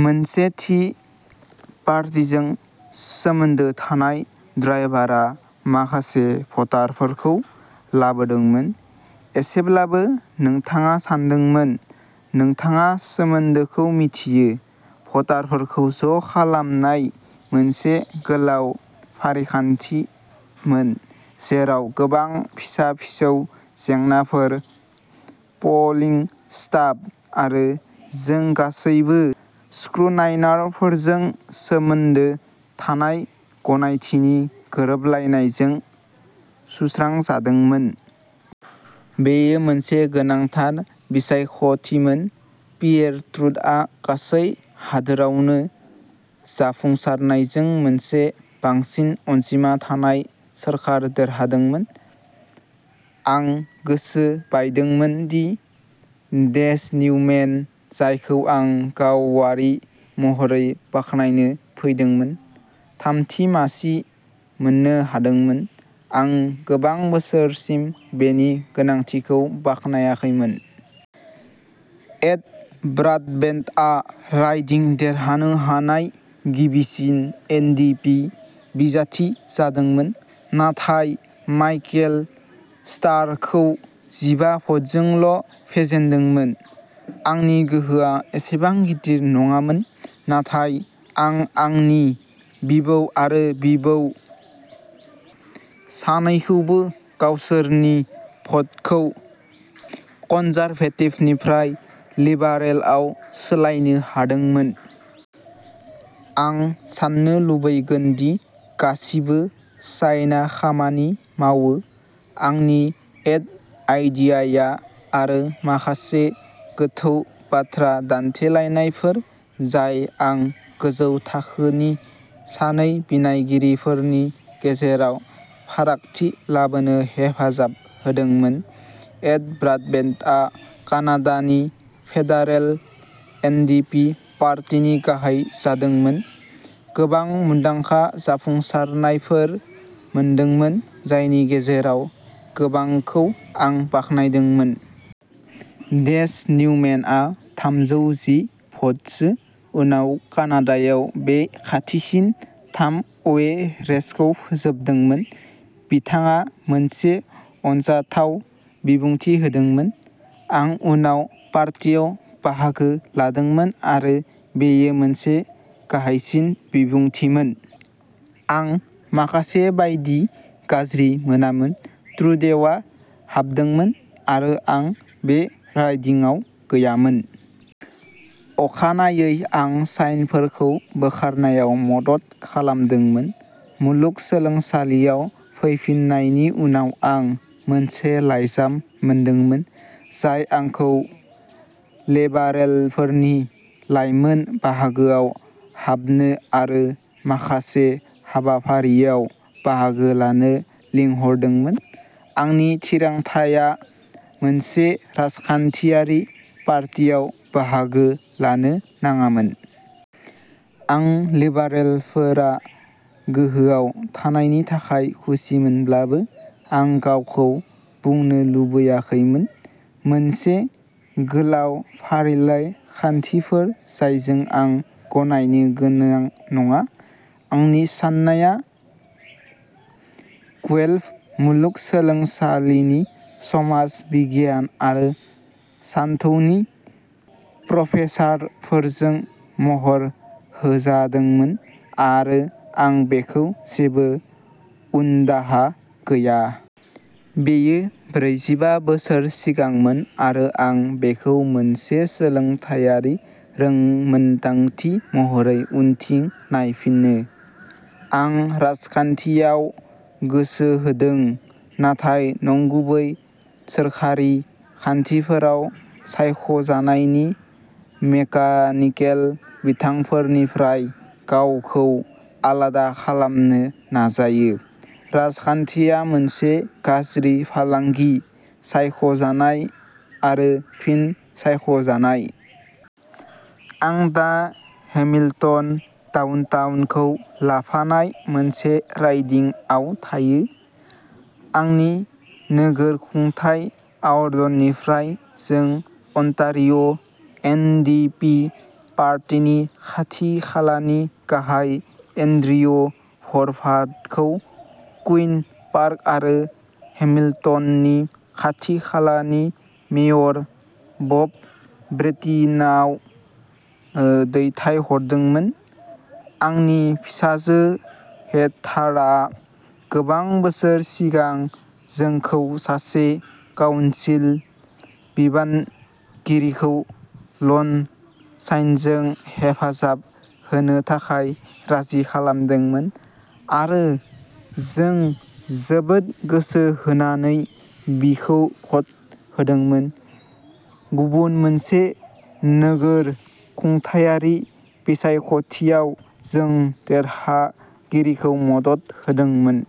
मोनसे थि पार्टीजों सोमोन्दो थानाय ड्राइभारआ माखासे भटारफोरखौ लाबोदोंमोन। एसेब्लाबो नोंथाङा सानदोंमोन नोंथाङा सोमोन्दोखौ मिथियो। भटफोरखौ ज' खालामनाया मोनसे गोलाव फारिखान्थिमोन जेराव गोबां फिसा-फिसौ जेंनाफोरा प'लिं स्टाफ आरो जों गासैबो स्क्रुनाइनारफोरजों सोमोन्दो थानाय गनायथिनि गोरोबलायनायजों सुस्रांजादोंमोन। बेयो मोनसे गोनांथार बिसायख'थिमोन। पियेर ट्रुड'आ गासै हादोरावनो जाफुंसारनायजों मोनसे बांसिन अनजिमा थानाय सरखार देरहादोंमोन। आं गोसो बायदोंमोन दि डेस निउमेन, जायखौ आं गावारि महरै बाख्नायनो फैदोंमोन, थामथि मासि मोननो हादोंमोन। आं गोबां बोसोरसिम बेनि गोनांथिखौ बाख्नायाखैमोन। एड ब्रडबेन्टआ राइडिं देरहानो हानाय गिबिसिन एन डि पि बिजाथि जादोंमोन, नाथाय माइकेल स्टारखौ जिबा भ'टजोंल' फेजेनदोंमोन। आंनि गोहोमआ एसेबां गिदिर नङामोन, नाथाय आं आंनि बिबौ आरो बिबौ सानैखौबो गावसोरनि भ'टखौ कन्जारभेटिभनिफ्राय लिबारेलआव सोलायनो हादोंमोन। आं साननो लुबैगोन दि गासिबो साइनआ खामानि मावो, आंनि एड आइडियाया आरो माखासे गोथौ बाथ्रा दान्थेलायनायफोर, जाय आं गोजौ थाखोनि सानै बिनायगिरिफोरनि गेजेराव फारागथि लाबोनो हेफाजाब होदोंमोन। एड ब्राडबेन्टआ कानाडानि फेडारेल एन डि पि पार्टीनि गाहाय जादोंमोन आरो गोबां मुंदांखा जाफुंसारनायफोर मोनदोंमोन, जायनि गेजेराव गोबांखौ आं बाख्नायदोंमोन। डेस निउमेनआ थामजौ जि भ'टसो उनाव कानाडायाव बे खाथिसिन थाम अवे रेसखौ फोजोबदोंमोन। बिथाङा मोनसे अनजाथाव बिबुंथि होदोंमोन। आं उनाव पार्टियाव बाहागो लादोंमोन आरो बेयो मोनसे गाहायसिन बिबुंथिमोन। आं माखासे बायदि गाज्रि मोनामोन ट्रुडेउआ हाबदोंमोन आरो आं बे राइडिंआव गैयामोन। अखानायै आं साइनफोरखौ बोखारनायाव मदद खालामदोंमोन। मुलुगसोलोंसालियाव फैफिननायनि उनाव आं मोनसे लाइजाम मोनदोंमोन, जाय आंखौ लेबारेलफोरनि लाइमोन बाहागोआव हाबनो आरो माखासे हाबाफारियाव बाहागो लानो लिंहरदोंमोन। आंनि थिरांथाआ मोनसे राजखान्थियारि पार्टीयाव बाहागो लानो नाङामोन। आं लिबारेलफोरा गोहोआव थानायनि थाखाय खुसिमोनब्लाबो आं गावखौ बुंनो लुबैआखैमोन। मोनसे गोलाव फारिलाइ खान्थिफोर जायजों आं गनायनो गोनां नङा। आंनि साननाया गुएल्फ मुलुगसोलोंसालिनि समाज बिगियान आरो सानथौनि प्रफेसारफोरजों महर होजादोंमोन आरो आं बेखौ जेबो उनदाहा गैया। बेयो ब्रैजिबा बोसोर सिगांमोन आरो आं बेखौ मोनसे सोलोंथायारि रोंमोनदांथि महरै उनथिं नायफिनो। आं राजखान्थियाव गोसो होदों, नाथाय नंगुबै सोरखारि खान्थिफोराव सायख'जानायनि मेकानिकेल बिथिंफोरनिफ्राय गावखौ आलादा खालामनो नाजायो। राजखान्थिया मोनसे गाज्रि फालांगि-सायख'जानाय आरो फिन सायख'जानाय। आं दा हेमिल्टन डाउनटाउनखौ लाफानाय मोनसे राइडिंआव थायो। आंनि नोगोर खुंथाय अवार्डनिफ्राय जों अन्टारिय'एन डि पि पार्टीनि आथिखालनि गाहाय, एन्ड्रिय ह'रभाथखौ कुइन पार्क आरो हेमिल्टननि आथिखालनि मेयर, बब ब्रेटिनाआव ओ दैथायहरदोंमोन। आंनि फिसाजो, हेथारआ गोबां बोसोर सिगां जोंखौ सासे काउनसिल बिनायगिरिखौ लन साइनजों हेफाजाब होनो थाखाय राजि खालामदोंमोन आरो जों जोबोद गोसो होनानै बिखौ भ'ट होदोंमोन। गुबुन मोनसे नोगोर खुंथायारि बिसायख'थियाव जों देरहागिरिखौ मदद होदोंमोन।